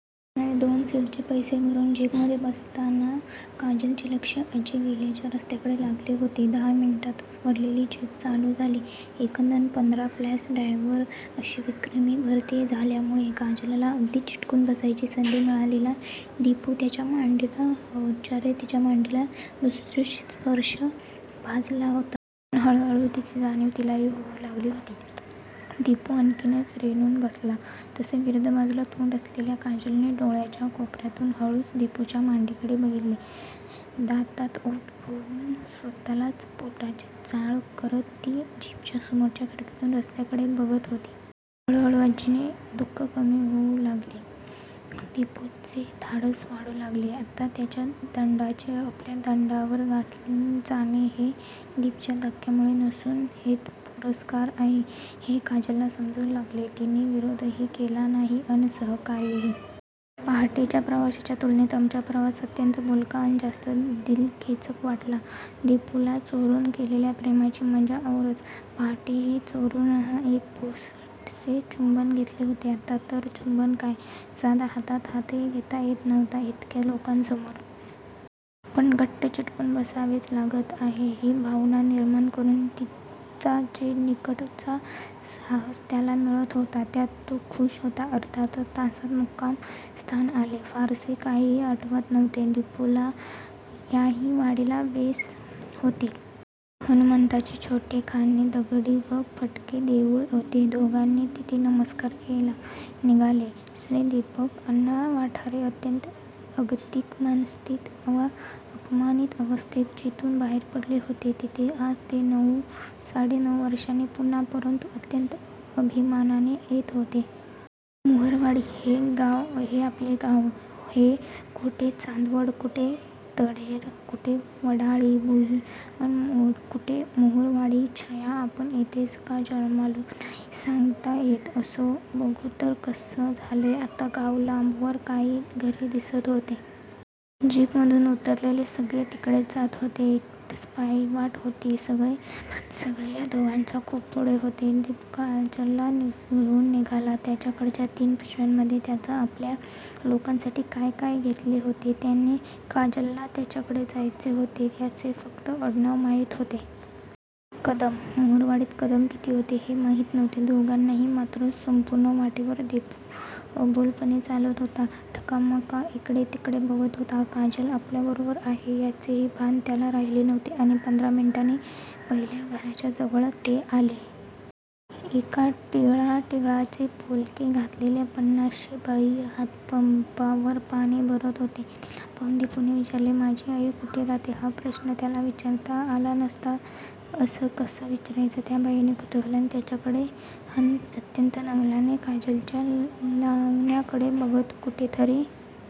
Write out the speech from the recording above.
उदास मनाने दोन सीटचे पैसे भरून जीपमधे बसताना काजलचे लक्ष आजी गेलेल्या रस्त्याकडे लागले होते. दहाच मिनिटात भरलेली जीप चालू झाली. एकंदर पंधरा प्लस ड्रायव्हर अशी विक्रमी भरती झाल्यामुळे काजलला अगदीच चिकटून बसायची संधी मिळालेला दिपू त्याच्या मांडीला होणार्या तिच्या मांडीच्या लुसलुशीत स्पर्शाने भंजाळला होता. अन हळूहळू तीच जाणीव तिलाही होऊ लागली होती. दिपू आणखीनच रेलून बसला तसे विरुद्ध बाजूला तोंड असलेल्या काजलने डोळ्यांच्या कोपर्यातून हळूच दिपूच्या मांडीकडे बघितले. दातात ओठ रोवून आपल्याच बोटांचा चाळा करत ती जीपच्या समोरच्या खिडकीतून रस्त्याकडे बघत होती. हळूहळू आजीचे दु:ख कमी होऊ लागले. दिपूचे धाडस वाढू लागले. आता त्याच्या दंडाचे आपल्या दंडावर घासले जाणे हे जीपच्या धक्क्यांमुळे नसून हेतूपुरस्पर आहे हे काजलला समजू लागले. तिने विरोधही केला नाही अन सहकार्यही! पहाटेच्या प्रवासाच्या तुलनेत आत्ताचा प्रवास अत्यंत बोलका अन जास्त दिलखेचक वाटला दिपूला. चोरून केलेल्या प्रेमाची मजा औरच! पहाटेही चोरूनच एक पुसटसे चुंबन घेतले होते. आत्ता तर चुंबन काय, साधा हातात हातही घेता येत नव्हता इतक्या लोकांसमोर! पण घट्ट चिकटून 'बसावेच लागत आहे' ही भावना निर्माण करून तिचा जो निकटचा सहवास त्याला मिळत होता त्यात तो खुष होता. अर्ध्याच तासात मुक्कामस्थान आले. फारसे काहीही आठवत नव्हते दिपूला. याही वाडीला वेस होती. हनुमंताचे छोटेखानी दगडी व पडके देऊळ होते. दोघांनी तिथे नमस्कार केला. निघाले. श्री. दीपक अण्णू वाठारे अत्यंत अगतिक मनस्थितीत व अपमानीत अवस्थेत जिथून बाहेर पडले होते तिथे आज ते नऊ, साडे नऊ वर्षांनी पुन्हा परंतू अत्यंत अभिमानाने येत होते. महुरवाडी! हे आपले गाव? हे? कुठे चांदवड, कुठे टहेरं! कुठे वडाळी भुई! अन कुठे महुरवाडी! छ्या! आपण इथेच का जन्मलो? नाही सांगता येत! असो. बघू तर कसं झालंय आता गाव? लांबवर काही घरे दिसत होती. जीपमधून उतरलेले सगळे तिकडेच जात होते. एकच पायवाट होती. पण सगळे या दोघांच्या खूप पुढे होते. दिपू काजलला घेऊन निघाला. त्याच्याकडच्या तीन पिशव्यांमधे त्याच्या 'आपल्या' लोकांसाठी काय काय घेतलेले होते त्याने. काजलला ज्यांच्याकडे जायचे होते त्यांचे फक्त आडनाव माहीत होते. कदम! महुरवाडीत कदम किती होते हे माहीत नव्हते दोघांनाही! मात्र, संपूर्ण वाटेवर दिपू अबोलपणे चालला होता. टकामका इकडे तिकडे बघत होता. काजल आपल्याबरोबर आहे याचेही भान त्याला राहिले नव्हते. आणि पंधरा मिनिटांनी पहिल्या घराच्या जवळ ते आले. एक ठिगळाठिगळांचे पोलके घातलेली पन्नाशीची बाई हातपंपावर पाणी भरत होती. तिला पाहून दिपूने विचारले. 'माझी आई कुठे राहते'! हा प्रश्नच त्याला विचारता आला नसता. असं कसं विचारायचं? त्या बाईने कुतुहलाने त्याच्याकडे अन अत्यंत नवलाने काजलच्या लावण्याकडे बघत कुठेतरी